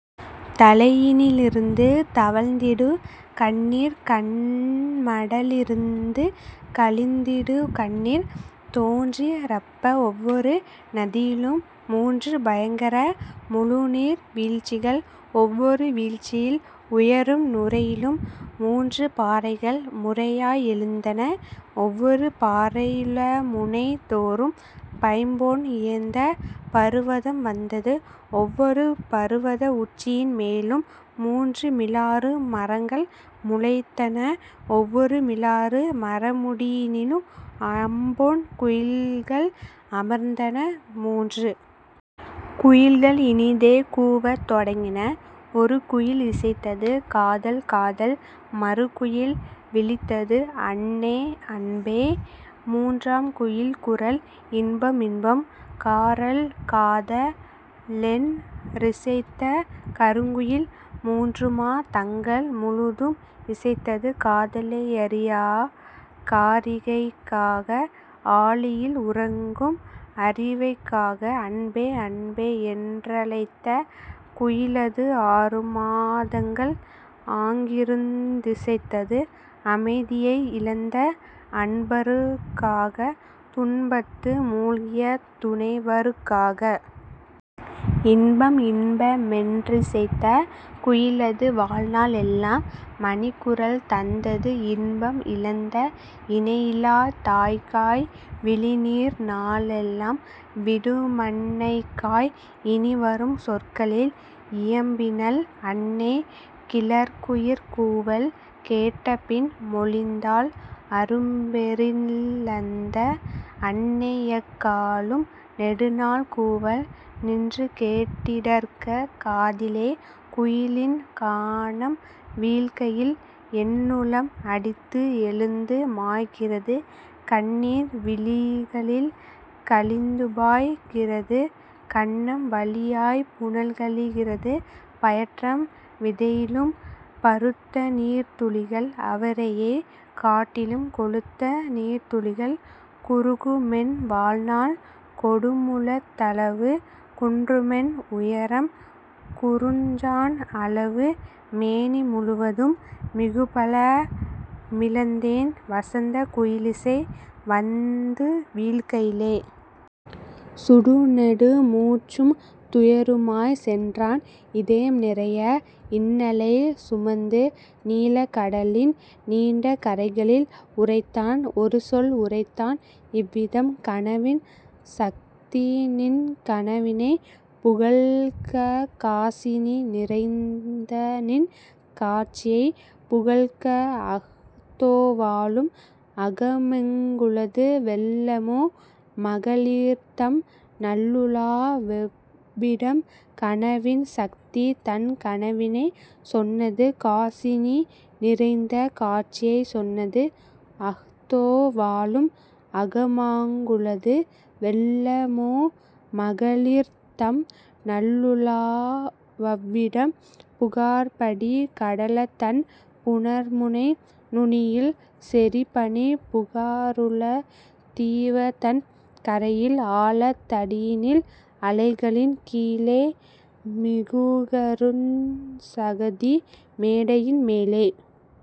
தலையினி லிருந்து தவழ்ந்திடு கண்ணீர் கண்மட லிருந்து கழிந்திடு கண்ணீர். தோன்றிற் றப்பா ஒவ்வொரு நதியிலும் முன்று பயங்கர முழுநீர் வீழ்ச்சிகள், ஒவ்வொரு வீழ்ச்சியில் உயரும் நுரையிலும் முன்று பாறைகள் முறையாய் எழுந்தன, ஒவ்வொரு பாறை யுளமுனை தோறும் பைம்பொன் இயைந்த பருவதம் வந்தது, ஒவ்வொரு பருவத உச்சியின் மேலும் முன்று மிலாறு மரங்கள் முளைத்தன, ஒவ்வொரு மிலாறு மரமுடி யினிலும் அம்பொன் குயில்கள் அமர்ந்தன முன்று. குயில்கள் இனிதே கூவத் தொடங்கின: ஒருகுயில் இசைத்தது:'காதல், காதல்! ' மறுகுயில் விளித்தது:'அன்னே, அன்பே! ' முன்றாம் குயிற்குரல்:'இன்பம், இன்பம்! ' 'காரல், காத' லென் றிசைத்த கருங்குயில் முன்றுமா தங்கள் முழுதும் இசைத்தது காதலை யறியாக் காரிகைக் காக ஆழியில் உறங்கும் அரிவைக் காக. 'அன்பே, அன்பே'யென் றழைத்த குயிலது ஆறுமா தங்கள் ஆங்கிருந் திசைத்தது அமைதியை இழந்த அன்பருக் காக துன்பத்து முழ்கிய துணைவருக் காக. 'இன்பம், இன்ப'மென் றிசைத்த குயிலது வாழ்நாள் எல்லாம் மணிக்குரல் தந்தது இன்பம் இழந்த இணையிலாத் தாய்க்காய் விழிநீர் நாளெலாம் விடுமன் னைக்காய். இனிவரும் சொற்களில் இயம்பினள் அன்னை கிளர்குயிற் கூவல் கேட்டபின் மொழிந்தாள்: "அரும்பே றிழந்த அன்னையெக் காலும் நெடுநாள் கூவல் நின்றுகேட் டிடற்க காதிலே குயிலின் கானம் வீழ்கையில் என்னுளம் அடித்து எழுந்து மாய்கிறது கண்ணீர் விழிகளில் கழிந்துபாய் கிறது கன்னம் வழியாய்ப் புனல்கழி கிறது பயற்றம் விதையிலும் பருத்தநீர்த் துளிகள் அவரையைக் காட்டிலும் கொழுத்த நீர்த்துளிகள்; குறுகுமென் வாழ்நாள் கொடுமுழத் தளவு குன்றுமென் உயரம் குறுஞ்சாண் அளவு மேனி முழுவதும் மிகுபல மிழந்தேன் வசந்தக் குயிலிசை வந்துவீழ் கையிலே. சுடுநெடு மூச்சும் துயருமாய்ச் சென்றான் இதயம் நிறைய இன்னலைச் சுமந்து நீலக் கடலின் நீண்ட கரைகளில் உரைத்தான் ஒருசொல் உரைத்தான் இவ்விதம்: "கனவின் சக்திநின் கனவினைப் புகல்க காசினி நிறைந்தநின் காட்சியைப் புகல்க அஹ்தோ வாழும் அகமெங் குளது வெல்லமோ மகளிர்தம் நல்லுலா வெவ்விடம்? " கனவின் சக்திதன் கனவினைச் சொன்னது காசினி நிறைந்த காட்சியைச் சொன்னது: "அஹ்தோ வாழும் அகமாங் குளது வெல்லமோ மகளிர்தம் நல்லுலா வவ்விடம் புகார்படி கடலதன் புணர்முனை நுனியில் செறிபனிப் புகாருள தீவதன் கரையில் ஆழத் தடியினில் அலைகளின் கீழே மிகுகருஞ் சகதி மேடையின் மேலே.